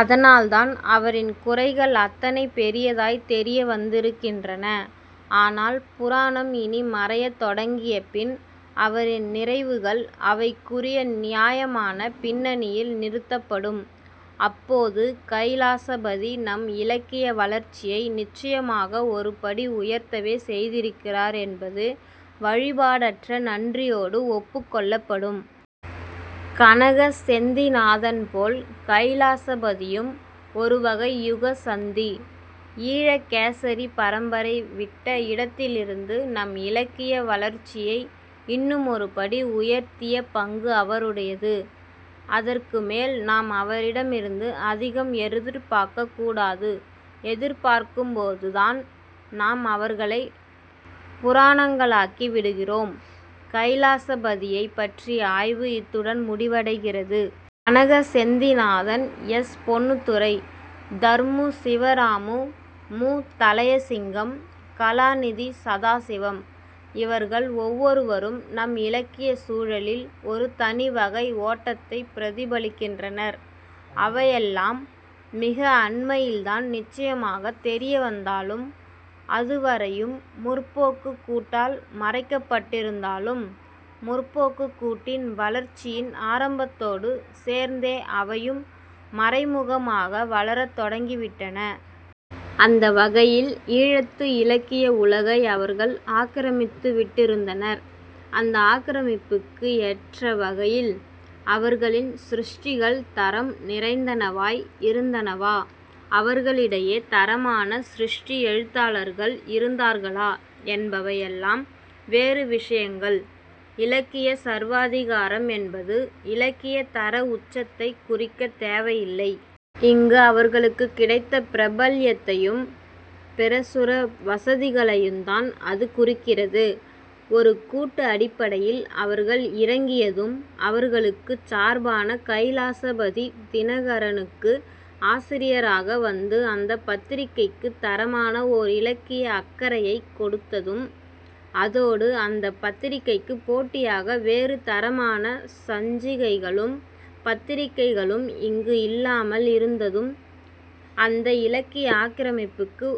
அதனால்தான் அவரின் குறைகள் அத்தனை பெரியதாய்த் தெரிய வந்திருக்கின்றன. ஆனால் புராணம் இனி மறையத் தொடங்கிய பின் அவரின் நிறைவுகள் அவைக்குரிய நியாயமான பின்னணியில் நிறுத்தப்படும். அப்போது கைலாசபதி நம் இலக்கிய வளர்ச்சியை நிச்சயமாக ஒரு படி உயர்த்தவே செய்திருக்கிறார் என்பது வழிபாடற்ற நன்றியோடு ஒப்புக்கொள்ளப்படும். கனக செந்திநாதன்போல் கைலாசபதியும் ஒருவகை யுகசந்தி. 'ஈழகேசரி' பரம்பரை விட்ட இடத்திலிருந்து நம் இலக்கிய வளர்ச்சியை இன்னுமொரு படி உயர்த்திய பங்கு அவருடையது. அதற்கு மேல் நாம் அவரிடமிருந்து அதிகம் எதிர்பார்க்கக் கூடாது. எதிர்பார்க்கும்போதுதான் நாம் அவர்களைப் புராணங்களாக்கி விடுகிறோம். கைலாசபதியைப் பற்றிய ஆய்வு இத்துடன் முடிவடைகிறது. கனக செந்திநாதன், எஸ். பொன்னுத்துரை, தர்மு சிவராமு, மு. தளையசிங்கம், கலாநிதி சதாசிவம். இவர்கள் ஒவ்வொருவரும் நம் இலக்கியச் சூழலில் ஒரு தனி வகை ஓட்டத்தைப் பிரதிபலிக்கின்றனர். அவையெல்லாம் மிக அண்மையில்தான் நிச்சயமாகத் தெரிய வந்தாலும் அதுவரையும் 'முற்போக்கு'க் கூட்டால் மறைக்கப்பட்டிருந்தாலும் 'முற்போக்கு'க் கூட்டின் வளர்ச்சியின் ஆரம்பத்தோடு சேர்ந்தே அவையும் மறைமுகமாக வளரத் தொடங்கிவிட்டன. அந்த வகையில் ஈழத்து இலக்கிய உலகை அவர்கள் ஆக்கிரமித்துவிட்டிருந்தனர். அந்த ஆக்கிரமிப்புக்கு எற்ற வகையில் அவர்களின் சிருஷ்டிகள் தரம் நிறைந்தனவாய் இருந்தனவா, அவர்களிடையே தரமான சிருஷ்டி எழுத்தாளர்கள் இருந்தார்களா என்பவை எல்லாம் வேறு விசயங்கள். இலக்கியச் சர்வாதிகாரம் என்பது இலக்கியத் தர உச்சத்தைக் குறிக்கத் தேவையில்லை. இங்கு அவர்களுக்குக் கிடைத்த பிரபல்யத்தையும் பிரசுர வசதிகளையுந்தான் அது குறிக்கிறது. ஒரு கூட்டு அடிப்படையில் அவர்கள் இயங்கியதும், அவர்களுக்குச் சார்பான கைலாசபதி 'தினகரனு'க்கு ஆசிரியராக வந்து அந்தப் பத்திரிகைக்குத் தரமான ஒர் இலக்கிய அக்கறையைக் கொடுத்ததும், அதோடு அந்தப் பத்திரிகைக்குப் போட்டியாக வேறு தரமான சஞ்சிகைகளும் பத்திரிகைகளும் இங்கு இல்லாமல் இருந்ததும் அந்த இலக்கிய ஆக்கிரமிப்புக்கு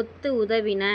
ஒத்து உதவின.